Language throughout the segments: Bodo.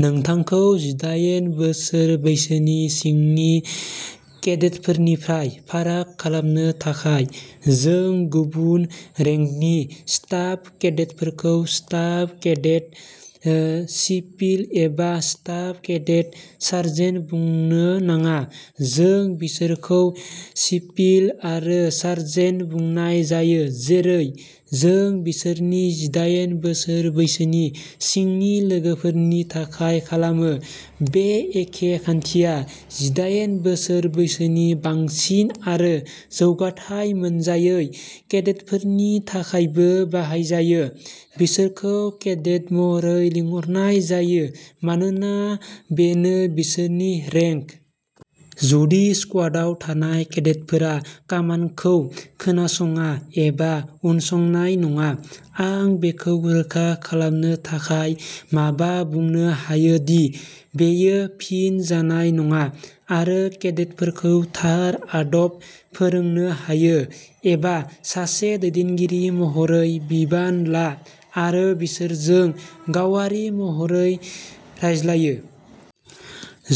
नोंथांखौ जिदायेन बोसोर बैसोनि सिंनि केडेटफोरनिफ्राय फाराग खालामनो थाखाय। जों गुबुन रेंकनि स्टाफ केडेटफोरखौ स्टाफ केडेट सिपिल एबा स्टाफ केडेट सार्जेन्ट बुंनो नाङा, जों बिसोरखौ सिपिल आरो सार्जेन्ट बुंनाय जायो जेरै जों बिसोरनि जिदायेन बोसोर बैसोनि सिंनि लोगोफोरनि थाखाय खालामो, बे एखे खान्थिया जिदायेन बोसोर बैसोनि बांसिन आरो जौगाथाइ मोनजायै केडेटफोरनि थाखायबो बाहायजायो, बिसोरखौ केडेट महरै लिंहरनाय जायो मानोना बेनो बिसोरनि रेंक। जुदि स्कुवादाव थानाय केडेटफोरा कामान्ड'खौ खोनासङा एबा उनसंनाय नङा, आं बेखौ रोखा खालामनो थाखाय माबा बुंनो हायो दि बेयो फिन जानाय नङा आरो केडेटफोरखौ थार आदब फोरोंनो हायो। एबा सासे दैदेनगिरि महरै बिबान ला आरो बिसोरजों गावारि महरै रायज्लायो।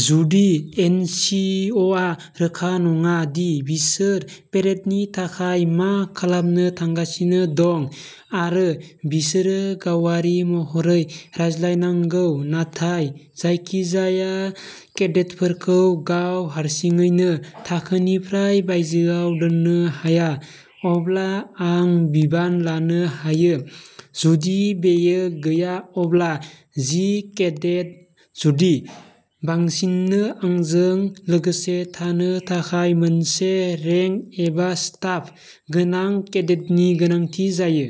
जुदि एनसिअ'आ रोखा नङा दि बिसोर पेरेडनि थाखाय मा खालामनो थांगासिनो दं आरो बिसोरो गावारि महरै रायज्लायनांगौ नाथाय जायखिजाया केडेटफोरखौ गाव हारसिङैनो थाखोनिफ्राय बायजोआव दोननो हाया, अब्ला आं बिबान लानो हायो। जुदि बेयो गैया अब्ला जि केडेट, जुदि बांसिननो आंजों लोगोसे थानो थाखाय मोनसे रेंक एबा स्टाफ गोनां केडेटनि गोनांथि जायो।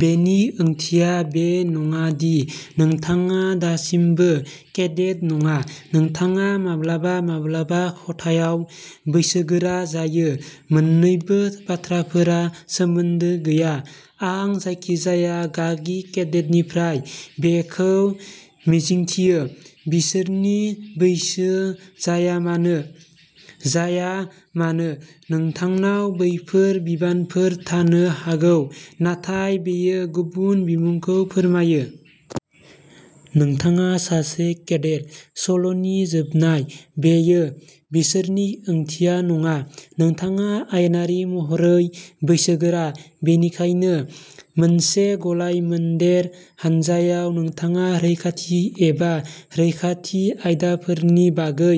बेनि ओंथिया बे नङा दि नोंथाङा दासिमबो केडेट नङा। नोंथाङा माब्लाबा माब्लाबा खथायाव बैसोगोरा जायो। मोन्नैबो बाथ्राफोरा सोमोन्दो गैया। आं जायखिजाया गागि केडेटनिफ्राय बेखौ मिजिंथियो, बिसोरनि बैसो जायामानो जाया मानो। नोंथांनाव बैफोर' बिबानफोर' थानो हागौ, नाथाय बेयो गुबुन बिमुंखौ फोरमायो। नोंथाङा सासे केडेट। सल'नि जोबनाय। बेयो बिसोरनि ओंथिया नङा। नोंथाङा आयेनारि महरै बैसोगोरा, बेनिखायनो मोनसे गलाय-मोनदेर हानजायाव नोंथाङा रैखाथि एबा रैखाथि आयदाफोरनि बागै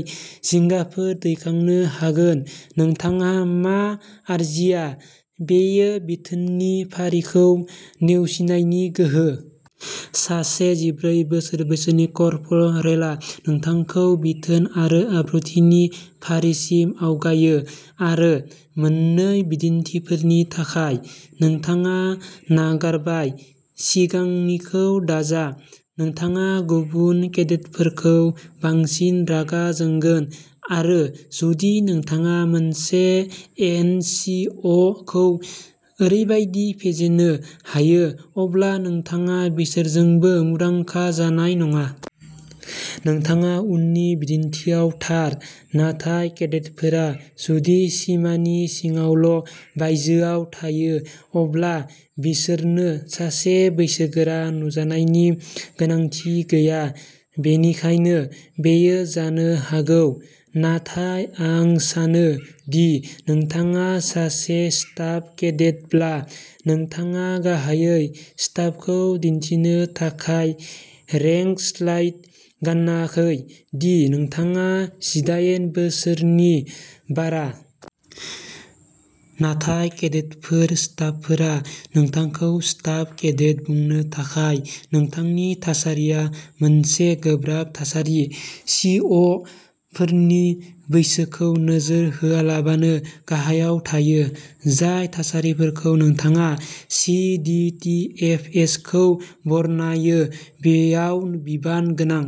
जिंगाफोर दैखांनो हागोन। नोंथाङा मा आरजिया, बेयो बिथोननि फारिखौ नेवसिनायनि गोहो। सासे जिब्रै बोसोर बैसोनि कर्परेलआ नोंथांखौ बिथोन आरो आब्रुथिनि फारिसिम आवगायो। आरो मोन्नै बिदिन्थिफोरनि थाखाय। नोंथाङा नागारबाय, सिगांनिखौ दाजा। नोंथाङा गुबुन केडेटफोरखौ बांसिन रागा जोंगोन, आरो जुदि नोंथाङा मोनसे एन सि अ खौ ओरैबायदि फेजेन्नो हायो, अब्ला नोंथाङा बिसोरजोंबो मुंदांखा जानाय नङा। नोंथाङा उननि बिदिन्थिआव थार, नाथाय केडेटफोरा जुदि सिमानि सिङावल' बायजोआव थायो अब्ला बिसोरनो सासे बैसोगोरा नुजानायनि गोनांथि गैया। बेनिखायनो बेयो जानो हागौ। नाथाय आं सानो दि नोंथाङा सासे स्टाफ केडेटब्ला नोंथाङा गाहायै स्टाफखौ दिन्थिनो थाखाय रेंक स्लाइड गानाखै दि नोंथाङा जिदायेन बोसोरनि बारा। नाथाय केडेटफोर स्टाफफोरा नोंथांखौ स्टाफ केडेट बुंनो थाखाय नोंथांनि थासारिया मोनसे गोब्राब थासारि। सि अ' फोरनि बैसोखौ नोजोर होआलाबानो गाहायाव थायो। जाय थासारिफोरखौ नोंथाङा C D T F S खौ बरनायो, बेयाव बिबान गोनां।